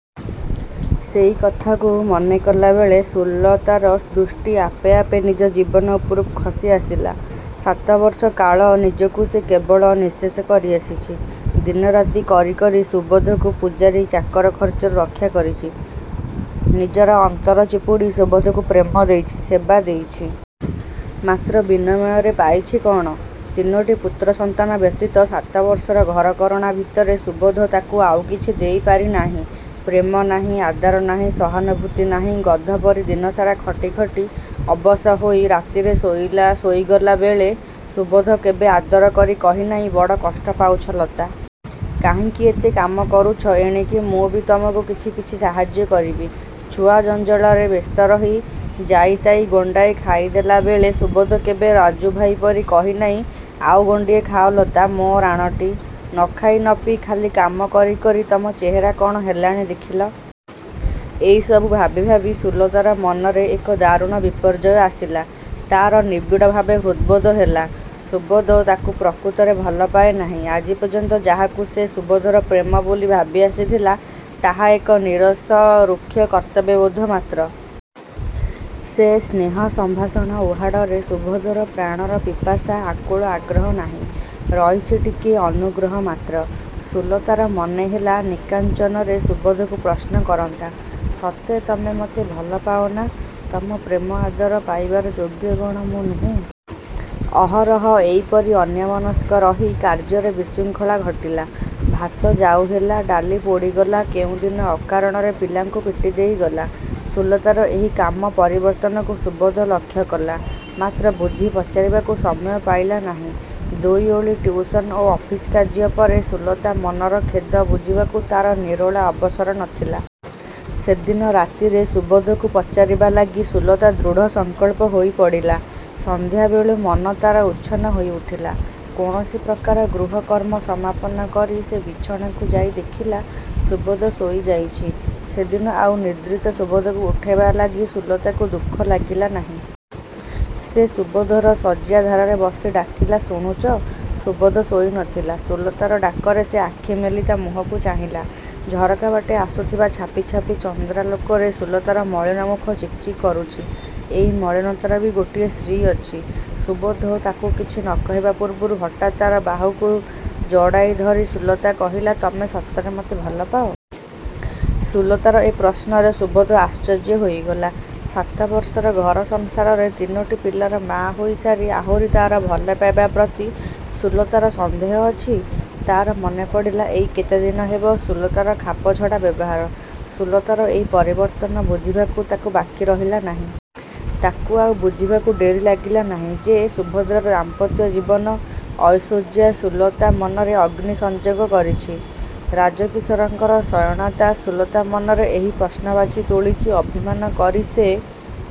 ସେଇ କଥାକୁ ମନେ କଲାବେଳେ ସୁଲତାର ଦୃଷ୍ଟି ଆପେ ଆପେ ନିଜ ଜୀବନ ଉପରକୁ ଖସି ଆସିଲା, ସାତବର୍ଷ କାଳ ନିଜକୁ ସେ କେବଳ ନିଃଶେଷ କରି ଆସିଚି। ଦିନରାତି କରି କରି ସୁବୋଧକୁ ପୁଝାରୀ ଚାକର ଖର୍ଚ୍ଚରୁ ରକ୍ଷା କରିଚି। ନିଜର ଅନ୍ତର ଚିପୁଡ଼ି ସୁବୋଧକୁ ପ୍ରେମ ଦେଇଛି, ସେବା ଦେଇଛି। ମାତ୍ର ବିନିମୟରେ ପାଇଛି କ'ଣ? ତିନୋଟି ପୁତ୍ରସନ୍ତାନ ବ୍ୟତୀତ ସାତବର୍ଷର ଘରକରଣା ଭିତରେ ସୁବୋଧ ତାକୁ ଆଉ କିଛି ଦେଇ ପାରିନାହିଁ। ପ୍ରେମ ନାହିଁ, ଆଦର ନାହିଁ, ସହାନୁଭୂତି ନାହିଁ। ଗଧ ପରି ଦିନସାରା ଖଟି ଖଟି ଅବଶ ହୋଇ ରାତିରେ ଶୋଇଗଲା ବେଳେ ସୁବୋଧ କେବେ ଆଦର କରି କହିନାହିଁ, "ବଡ଼ କଷ୍ଟ ପାଉଚ ଲତା। କାହିଁକି ଏତେ କାମ କରୁଚ? ଏଣିକି ମୁଁ ବି ତମକୁ କିଛି କିଛି ସାହାଯ୍ୟ କରିବି। "ଛୁଆ ଜଞ୍ଜାଳରେ ବ୍ୟସ୍ତ ରହି ଯାଇତାଇ ଗଣ୍ଡାଏ ଖାଇଦେଲା ବେଳେ ସୁବୋଧ କେବେ ରାଜୁଭାଇ ପରି କହିନାହିଁ, "ଆଉ ଗଣ୍ଡିଏ ଖାଅ ଲତା, ମୋ' ରାଣଟି। ନଖାଇ ନପିଇ ଖାଲି କାମ କରି କରି ତମ ଚେହେରା କ'ଣ ହେଲାଣି ଦେଖିଲ। "ଏଇସବୁ ଭାବି ଭାବି ସୁଲତାର ମନରେ ଏକ ଦାରୁଣ ବିପର୍ଯ୍ୟୟ ଆସିଲା। ତାର ନିବିଡ଼ ଭାବେ ହୃଦବୋଧ ହେଲା, ସୁବୋଧ ତାକୁ ପ୍ରକୃତରେ ଭଲପାଏ ନାହିଁ। ଆଜି ପର୍ଯ୍ୟନ୍ତ ଯାହାକୁ ସେ ସୁବୋଧର ପ୍ରେମ ବୋଲି ଭାବି ଆସିଥିଲା ତାହା ଏକ ନୀରସ ରୁକ୍ଷ କର୍ତ୍ତବ୍ୟବୋଧ ମାତ୍ର। ସେ ସ୍ନେହ ସମ୍ଭାଷଣ ଉହାଡ଼ରେ ସୁବୋଧର ପ୍ରାଣର ପିପାସା, ଆକୁଳ ଆଗ୍ରହ ନାହିଁ। ରହିଚି ଟିକିଏ ଅନୁଗ୍ରହ ମାତ୍ର। ସୁଲତାର ମନେହେଲା ନିକାଞ୍ଚନରେ ସୁବୋଧକୁ ପ୍ରଶ୍ନ କରନ୍ତା, "ସତେ ତମେ ମତେ ଭଲ ପାଅନା? ତମ ପ୍ରେମ ଆଦର ପାଇବାର ଯୋଗ୍ୟ କ'ଣ ମୁଁ ନୁହେଁ?" ଅହରହ ଏଇପରି ଅନ୍ୟମନସ୍କ ରହି କାର୍ଯ୍ୟରେ ବିଶୃଙ୍ଖଳା ଘଟିଲା। ଭାତ ଜାଉ ହେଲା, ଡାଲି ପୋଡ଼ିଗଲା। କେଉଁଦିନ ଅକାରଣରେ ପିଲାଙ୍କୁ ପିଟି ଦେଇଗଲା। ସୁଲତାର ଏହି କାମ ପରିବର୍ତ୍ତନକୁ ସୁବୋଧ ଲକ୍ଷ୍ୟକଲା। ମାତ୍ର ବୁଝି ପଚାରିବାକୁ ସମୟ ପାଇଲା ନାହିଁ। ଦୁଇ ଓଳି ଟିଉସନ ଓ ଅଫିସ କାର୍ଯ୍ୟ ପରେ ସୁଲତା ମନର ଖେଦ ବୁଝିବାକୁ ତାର ନିରୋଳା ଅବସର ନଥିଲା। ସେଦିନ ରାତିରେ ସୁବୋଧକୁ ପଚାରିବା ଲାଗି ସୁଲତା ଦୃଢ଼ସଂକଳ୍ପ ହୋଇ ପଡ଼ିଲା। ସନ୍ଧ୍ୟା ବେଳୁ ମନ ତାର ଉଚ୍ଛନ୍ନ ହୋଇଉଠିଲା। କୌଣସି ପ୍ରକାର ଗୃହ କର୍ମ ସମାପନ କରି ସେ ବିଛଣାକୁ ଯାଇ ଦେଖିଲା, ସୁବୋଧ ଶୋଇଯାଇଚି। ସେଦିନ ଆଉ ନିଦ୍ରିତ ସୁବୋଧକୁ ଉଠାଇବା ଲାଗି ସୁଲତାକୁ ଦୁଃଖ ଲାଗିଲା ନାହିଁ। ସେ ସୁବୋଧର ଶଯ୍ୟାଧାରରେ ବସି ଡାକିଲା, "ଶୁଣୁଚ?"ସୁବୋଧ ଶୋଇନଥିଲା। ସୁଲତାର ଡାକରେ ସେ ଆଖିମେଲି ତା ମୁହଁକୁ ଚାହିଁଲା। ଝରକାବାଟେ ଆସୁଥିବା ଛାପିଛାପି ଚନ୍ଦ୍ରାଲୋକରେ ସୁଲତାର ମଳିନ ମୁଖ ଚିକ୍‌ଚିକ୍ କରୁଚି। ଏଇ ମଳିନତାର ବି ଗୋଟାଏ ଶ୍ରୀ ଅଛି। ସୁବୋଧ ତାକୁ କିଛି ନ କହିବା ପୂର୍ବରୁ ହଠାତ୍ ତାର ବାହୁକୁ ଜଡ଼ାଇ ଧରି ସୁଲତା କହିଲା, "ତମେ ସତରେ ମତେ ଭଲପାଅ?" ସୁଲତାର ଏ ପ୍ରଶ୍ନରେ ସୁବୋଧ ଆଶ୍ଚର୍ଯ୍ୟ ହୋଇଗଲା। ସାତବର୍ଷର ଘର ସଂସାରରେ ତିନୋଟି ପିଲାର ମାଆ ହୋଇ ସାରି ଆହୁରି ତାର ଭଲପାଇବା ପ୍ରତି ସୁଲତାର ସନ୍ଦେହ ଅଛି? ତାର ମନେପଡ଼ିଲା ଏଇ କେତେଦିନ ହେବ ସୁଲତାର ଖାପଛଡ଼ା ବ୍ୟବହାର। ସୁଲତାର ଏଇ ପରିବର୍ତ୍ତନ ବୁଝିବାକୁ ତାକୁ ବାକି ରହିଲା ନାହିଁ। ତାକୁ ଆଉ ବୁଝିବାକୁ ଡେରି ଲାଗିଲାନାହିଁ, ଯେ ସୁଭଦ୍ରାର ଦାମ୍ପତ୍ୟ ଜୀବନ, ଐଶ୍ଵର୍ଯ୍ୟ ସୁଲତା ମନରେ ଅଗ୍ନି ସଂଯୋଗ କରିଛି। ରାଜକିଶୋରଙ୍କର ସ୍ତ୍ରୈଣତା ସୁଲତା ମନରେ ଏହି ପ୍ରଶ୍ନବାଚୀ ତୋଳିଚି, ଅଭିମାନ କରି ସେ